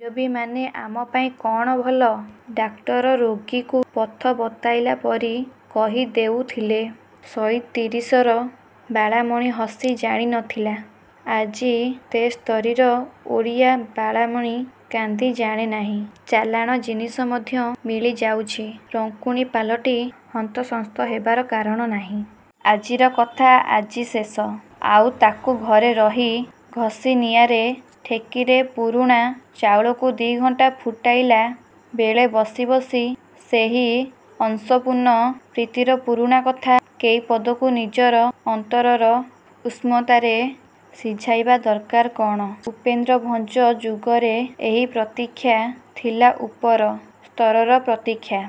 ମୁରବୀମାନେ ଆମ ପାଇଁ କ'ଣ ଭଲ–ଡାକ୍ତର ରୋଗୀକୁ ପଥି ବତାଇଲା ପରି କହିଦେଉଥିଲେ। ସଇଁତିରିଶର ବାଳାମଣି ହସି ଜାଣି ନ ଥିଲା। ଆଜି ତେସ୍ତରୀର ଓଡ଼ିଆ ବାଳାମଣି କାନ୍ଦି ଜାଣେ ନାହିଁ। ଚାଲାଣ ଜିନିଷ ମଧ୍ୟ ମିଳିଯାଉଛି। ରଙ୍କୁଣୀ ପାଲଟି ହନ୍ତସନ୍ତ ହେବାର କାରଣ ନାହିଁ। ଆଜିର କଥା ଆଜି ଶେଷ। ଆଉ ତା'କୁ ଘରେ ରହି ଘସିନିଆଁରେ ଠେକିରେ ପୁରୁଣା ଚାଉଳକୁ ଦି'ଘଣ୍ଟା ଫୁଟାଇଲା ବେଳେ ବସି ବସି ସେହି ଅସଂପୂର୍ଣ୍ଣ ପ୍ରୀତିର ପୁରୁଣା କଥା କେଇପଦକୁ ନିଜର ଅନ୍ତରର ଉଷ୍ମତାରେ ସିଝାଇବା ଦରକାର କ'ଣ? ଉପେନ୍ଦ୍ରଭଞ୍ଜ ଯୁଗରେ ଏହି ପ୍ରତୀକ୍ଷା ଥିଲା ଉପର ସ୍ତରର ପ୍ରତୀକ୍ଷା।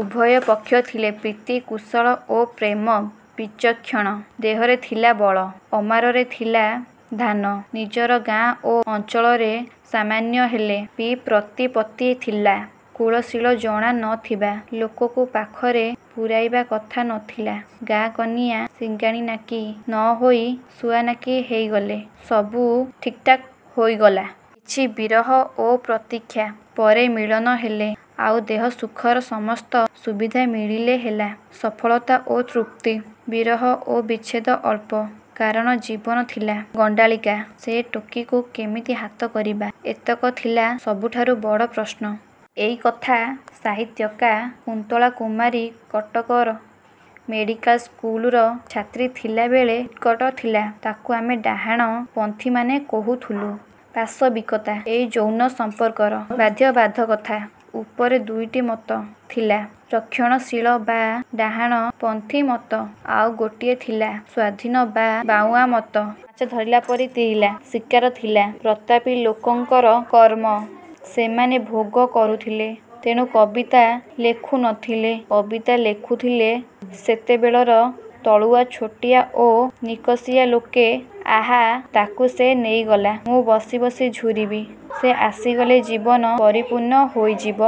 ଉଭୟ ପକ୍ଷ ଥିଲେ ପ୍ରୀତିକୁଶଳ ଓ ପ୍ରେମ ବିଚକ୍ଷଣ। ଦେହରେ ଥିଲା ବଳ। ଅମାରରେ ଥିଲା ଧାନ। ନିଜର ଗାଁ ଓ ଅଞ୍ଚଳରେ ସାମାନ୍ୟ ହେଲେ ବି ପ୍ରତିପତ୍ତି ଥିଲା। କୁଳଶୀଳ ଜଣା ନ ଥିବା ଲୋକକୁ ପାଖରେ ପୂରାଇବା କଥା ନଥିଲା। ଗାଁ କନିଆ ଶିଙ୍ଘାଣିନାକୀ ନ ହୋଇ ଶୁଆନାକୀ ହେଇଗଲେ ସବୁ ଠିକ୍ଠାକ ହୋଇଗଲା। କିଛି ବିରହ ଓ ପ୍ରତୀକ୍ଷା ପରେ ମିଳନ ହେଲେ ଆଉ ଦେହ ସୁଖର ସମସ୍ତ ସୁବିଧା ମିଳିଲେ ହେଲା ସଫଳତା ଓ ତୃପ୍ତି। ବିରହ ଓ ବିଚ୍ଛେଦ ଅଳ୍ପ। କାରଣ ଜୀବନ ଥିଲା ଗଡ୍ଡାଳିକା। ସେ ଟୋକିକୁ କେମିତି ହାତ କରିବା–ଏତକ ଥିଲା ସବୁଠାରୁ ବଡ଼ ପ୍ରଶ୍ନ। ଏଇକଥା ସାହିତ୍ୟିକା କୁନ୍ତଳା କୁମାରୀ କଟକର ମେଡ଼ିକାଲ ସ୍କୁଲର ଛାତ୍ରୀ ଥିଲାବେଳେ ଉତ୍କଟ ଥିଲା। ତା'କୁ ଆମେ ଡାହାଣ ପନ୍ଥୀମାନେ କହୁଥିଲୁ ପାଶବିକତା। ଏଇ ଯୌନ ସଂପର୍କର ବାଧ୍ୟବାଧକତା ଉପରେ ଦୁଇଟି ମତ ଥିଲା–ରକ୍ଷଣଶୀଳ ବା ଡାହାଣ ପନ୍ଥୀ ମତ। ଆଉ ଗୋଟିଏ ଥିଲା ସ୍ୱାଧୀନ ବା ବାଉଁଆ ମତ। ମାଛ ଧରିଲା ପରି ତିରିଲା ଶିକାର ଥିଲା ପ୍ରତାପୀ ଲୋକଙ୍କର କର୍ମ। ସେମାନେ ଭୋଗ କରୁଥିଲେ। ତେଣୁ କବିତା ଲେଖୁ ନଥିଲେ। କବିତା ଲେଖୁଥିଲେ ସେତେବେଳର ତଳୁଆ ଛୋଟିଆ ଓ ନିକଷିଆ ଲୋକେ। ଆହା–ତାକୁ ସେ ନେଇଗଲା। ମୁଁ ବସି ବସି ଝୁରିବି। ସେ ଆସିଗଲେ ଜୀବନ ପରିପୂର୍ଣ୍ଣ ହୋଇଯିବ।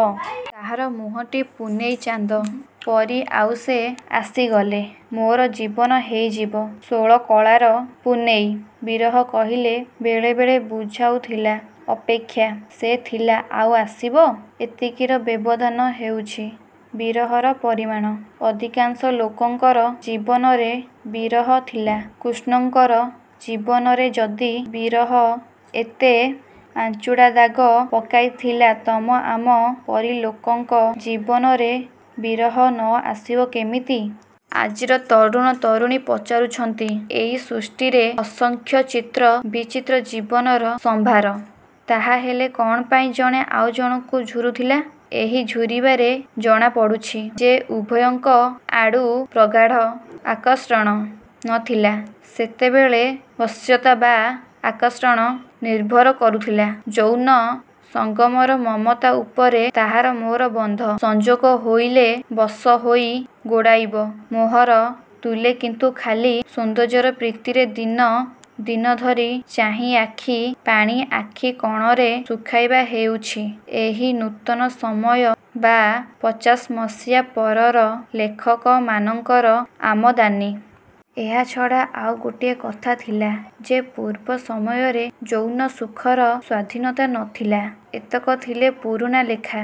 ତାହାର ମୁହଁଟି ପୁନେଇ ଚାନ୍ଦ ପରି ଆଉ ସେ ଆସିଗଲେ ମୋର ଜୀବନ ହେଇଯିବ ଷୋଳ କଳାର ପୁନେଇ। ବିରହ କହିଲେ ବେଳେବେଳେ ବୁଝାଉଥିଲା–ଅପେକ୍ଷା। ସେ ଥିଲା ଆଉ ଆସିବ। ଏତିକିର ବ୍ୟବଧାନ ହେଉଛି ବିରହର ପରିମାଣ। ଅଧିକାଂଶ ଲୋକଙ୍କର ଜୀବନରେ ବିରହ ଥିଲା-। କୃଷ୍ଣଙ୍କର ଜୀବନରେ ଯଦି ବିରହ ଏତେ ଆଞ୍ଛୁଡ଼ା ଦାଗ ପକାଇଥିଲା ତମ ଆମ ପରି ଲୋକଙ୍କ ଜୀବନରେ ବିରହ ନ ଆସିବ କେମିତି? ଆଜିର ତରୁଣ ତରୁଣୀ ପଚାରୁଛନ୍ତି–ଏଇ ସୃଷ୍ଟିରେ ଅସଂଖ୍ୟ ଚିତ୍ର ବିଚିତ୍ର ଜୀବନର ସମ୍ଭାର। ତାହାହେଲେ କ'ଣ ପାଇଁ ଜଣେ ଆଉ ଜଣକୁ ଝୁରୁଥିଲା? ଏହି ଝୁରିବାରେ ଜଣା ପଡ଼ୁଛି ଯେ ଉଭୟଙ୍କ ଆଡ଼ୁ ପ୍ରଗାଢ଼ ଆକର୍ଷଣ। ନଥିଲା। ସେତେବେଳେ ବଶ୍ୟତା ବା ଆକର୍ଷଣ ନିର୍ଭର କରୁଥିଲା ଯୌନ ସଙ୍ଗମର ମମତା ଉପରେ– ତାହାର ମୋର ବନ୍ଧ ସଂଯୋଗ ହୋଇଲେ ବଶ ହୋଇ ଗୋଡ଼ାଇବ ମୋହର ତୁଲେ କିନ୍ତୁ ଖାଲି ସୌନ୍ଦର୍ଯ୍ୟର ପ୍ରୀତିରେ ଦିନ ଦିନ ଧରି ଚାହିଁ ଆଖି ପାଣି ଆଖିକଣରେ ଶୁଖାଇବା ହେଉଛି ଏହି ନୂତନ ସମୟ ବା ପଚାଶମସିହା ପରର ଲେଖକମାନଙ୍କର ଆମଦାନୀ। ଏହାଛଡ଼ା ଆଉ ଗୋଟିଏ କଥା ଥିଲା ଯେ ପୂର୍ବ ସମୟରେ ଯୌନ ସୁଖର ସ୍ୱାଧୀନତା ନଥିଲା। ଏତକ ଥିଲେ ପୁରୁଣା ଲେଖା